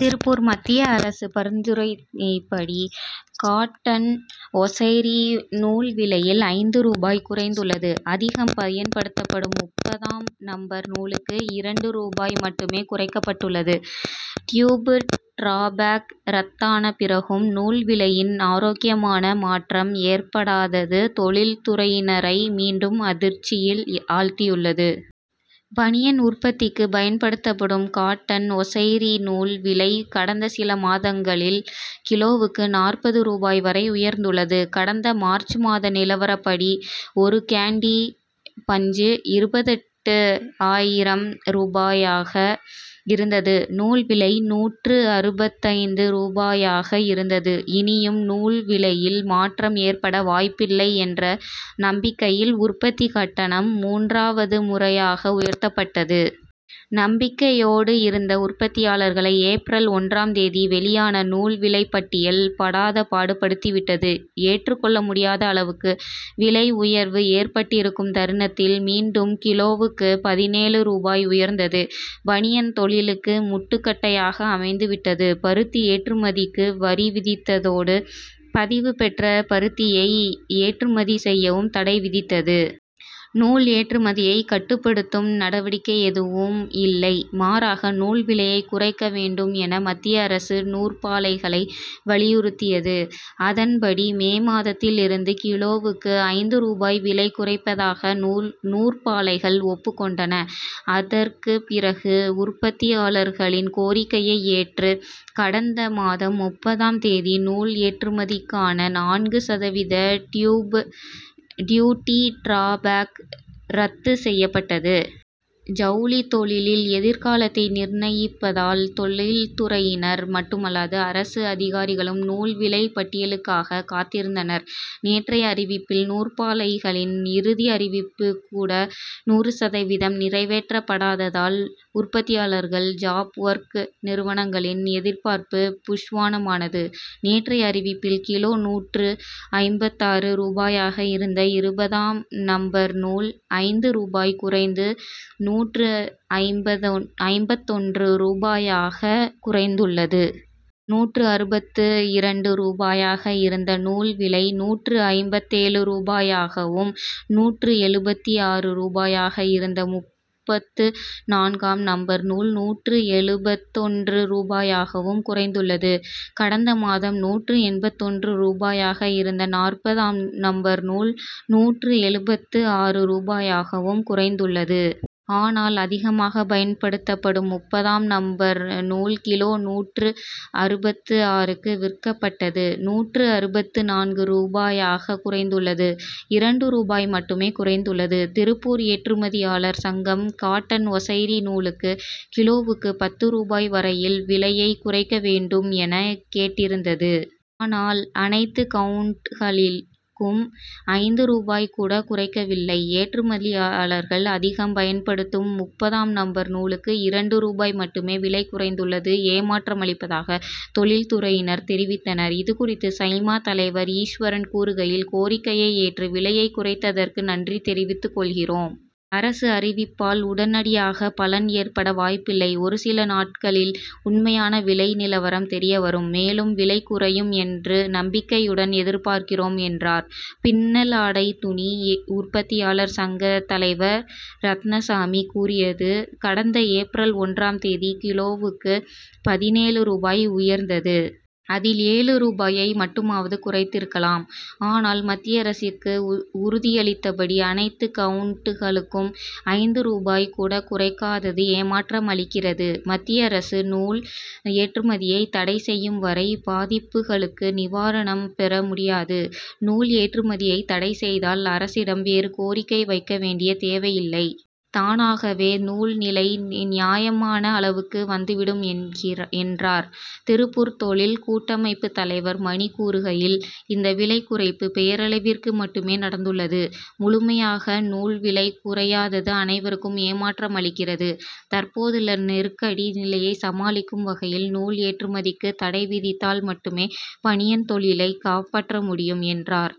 திருப்பூர் மத்திய அரசு பரிந்துரைப்படி காட்டன் ஒசைரி நூல் விலையில் ஐந்து ரூபாய் குறைந்துள்ளது. அதிகம் பயன்படுத்தப்படும் முப்பதாம் நம்பர் நூலுக்கு இரண்டு ரூபாய் மட்டுமே குறைக்கப்பட்டுள்ளது. டியூபட் டிராபேக் ரத்தான பிறகும் நூல் விலையில் ஆரோக்கியமான மாற்றம் ஏற்படாதது தொழில் துறையினரை மீண்டும் அதிர்ச்சியில் ஆழ்த்தியுள்ளது. பனியன் உற்பத்திக்கு பயன்படுத்தப்படும் காட்டன் ஒசைரி நூல் விலை கடந்த சில மாதங்களில் கிலோவுக்கு நாற்பது ரூபாய் வரை உயர்ந்துள்ளது. கடந்த மார்ச் மாத நிலவரப்படி ஒருகேண்டி பஞ்சு இருபத்தெட்டு ஆயிரம் ரூபாயாக இருந்தது. நூல் விலை நூற்று அறுபத்தைந்து ரூபாயாக இருந்தது. இனியும் நூல் விலையில் மாற்றம் ஏற்பட வாய்ப்பில்லை என்ற நம்பிக்கையில் உற்பத்தி கட்டணம் மூன்றாவது முறையாக உயர்த்தப்பட்டது. நம்பிக்கையோடு இருந்த உற்பத்தியாளர்களை ஏப்ரல் ஒன்றாம் தேதி வெளியான நூல் விலை பட்டியல் படாதபாடு படுத்திவிட்டது. ஏற்றுக்கொள்ள முடியாத அளவுக்கு விலை உயர்வு ஏற்பட்டிருக்கும் தருணத்தில் மீண்டும் கிலோவுக்கு பதினேழு ரூபாய் உயர்ந்தது பனியன் தொழிலுக்கு முட்டுக்கட்டையாக அமைந்துவிட்டது. பருத்தி ஏற்றுமதிக்கு வரி விதித்ததோடு பதிவு பெற்ற பருத்தியை ஏற்றுமதி செய்யவும் தடை விதித்தது. நூல் ஏற்றுமதியை கட்டுப்படுத்தும் நடவடிக்கை எதுவும் இல்லை. மாறாக நூல் விலையை குறைக்க வேண்டும் என மத்திய அரசு நூற்பாலைகளை வலியுறுத்தியது. அதன்படி மே மாதத்தில் இருந்து கிலோவுக்கு ஐந்து ரூபாய் விலை குறைப்பதாக நூற்பாலைகள் ஒப்புக்கொண்டன. அதற்கு பிறகு உற்பத்தியாளர்களின் கோரிக்கையை ஏற்று கடந்த மாதம் முப்பதாம் தேதி நூல் ஏற்றுமதிக்கான நான்கு சதவீத டியூட்டி டிராபேக் ரத்து செய்யப்பட்டது. ஜவுளித்தொழிலின் எதிர்காலத்தை நிர்ணயிப்பதால் தொழில்துறையினர் மட்டுமல்லாது அரசு அதிகாரிகளும் நூல்விலை பட்டியலுக்காக காத்திருந்தனர். நேற்றைய அறிவிப்பில் நூற்பாலைகளின் இறுதி அறிவிப்பு கூட நூறு சதவீதம் நிறைவேற்றப்படாததால் உற்பத்தியாளர்கள் ஜாப்ஒர்க் நிறுவனங்களின் எதிர்பார்ப்பு புஷ்வானமானது. நேற்றைய அறிவிப்பில் கிலோ நூற்று ஐம்பத்தாறு ரூபாயாக இருந்த இருபதாம் நம்பர் நூல் ஐந்து ரூபாய் குறைந்து நூற்று ஐம்பத்தொன்று ரூபாயாக குறைந்துள்ளது. நூற்று அறுபத்து இரண்டு ரூபாயாக இருந்த நூல்விலை நூற்று ஐம்பத்தேழு ரூபாயாகவும் நூற்று எழுபத்து ஆறு ரூபாயாக இருந்த முப்பத்து நான்காம் நம்பர் நூல் நூற்று எழுபத்தொன்று ரூபாயாகவும் குறைந்துள்ளது. கடந்த மாதம் நூற்று எண்பத்தொன்று ரூபாயாக இருந்த நாற்பதாம் நம்பர் நூல் நூற்று எழுபத்து ஆறு ரூபாயாகவும் குறைந்துள்ளது. ஆனால் அதிகமாக பயன்படுத்தப்படும் முப்பதாம் நம்பர் நூல் கிலோ நூற்று அறுபத்து ஆறுக்கு விற்கப்பட்டது நூற்று அறுபத்து நான்கு ரூபாயாக குறைந்துள்ளது. இரண்டு ரூபாய் மட்டுமே குறைந்துள்ளது. திருப்பூர் ஏற்றுமதியாளர் சங்கம் காட்டன் ஒசைரி நூலுக்கு கிலோவுக்கு பத்து ரூபாய் வரையில் விலையை குறைக்க வேண்டும் என கேட்டிருந்தது. ஆனால் அனைத்து கவுன்ட்களிக்கும் ஐந்து ரூபாய் கூட குறைக்கவில்லை. ஏற்றுமதியாளர்கள் அதிகம் பயன்படுத்தும் முப்பதாம் நம்பர் நூலுக்கு இரண்டு ரூபாய் மட்டுமே விலை குறைந்துள்ளது ஏமாற்றம் அளிப்பதாக தொழில் துறையினர் தெரிவித்தனர். இதுகுறித்து சைமா தலைவர் ஈஸ்வரன் கூறுகையில் கோரிக்கையை ஏற்று விலையை குறைத்ததற்கு நன்றி தெரிவித்துக்கொள்கிறோம். அரசு அறிவிப்பால் உடனடியாக பலன் ஏற்பட வாய்ப்பில்லை. ஒருசில நாட்களில் உண்மையான விலை நிலவரம் தெரியவரும். மேலும் விலை குறையும் என்று நம்பிக்கையுடன் எதிர்பார்க்கிறோம் என்றார். பின்னலாடை துணி உற்பத்தியாளர் சங்க தலைவர் ரத்தினசாமி கூறியது கடந்த ஏப்ரல் ஒன்றாம் தேதி கிலோவுக்கு பதினேழு ரூபாய் உயர்ந்தது. அதில் ஏழு ரூபாயை மட்டுமாவது குறைத்திருக்கலாம். ஆனால் மத்திய அரசுக்கு உறுதியளித்தபடி அனைத்து கவுன்ட்களுக்கும் ஐந்து ரூபாய் கூட குறைக்காதது ஏமாற்றம் அளிக்கிறது. மத்திய அரசு நூல் ஏற்றுமதியை தடைசெய்யும் வரை பாதிப்புகளுக்கு நிவாரணம் பெறமுடியாது. நூல் ஏற்றுமதியை தடை செய்தால் அரசிடம் வேறு கோரிக்கை வைக்க வேண்டிய தேவையில்லை. தானகாவே நூல் நிலை நியாயமான அளவுக்கு வந்துவிடும் என்றார். திருப்பூர் தொழில் கூட்டமைப்பு தலைவர் மணி கூறுகையில் இந்த விலை குறைப்பு பெயரளவிற்கு மட்டுமே நடந்துள்ளது. முழுமையாக நூல் விலை குறையாதது அனைருக்கும் ஏமாற்றம் அளிக்கிறது. தற்போதுள்ள நெருக்கடி நிலையை சமாளிக்கும் வகையில் நூல் ஏற்றுமதிக்கு தடைவிதித்தால் மட்டுமே பனியன் தொழிலை காப்பாற்ற முடியும் என்றார்.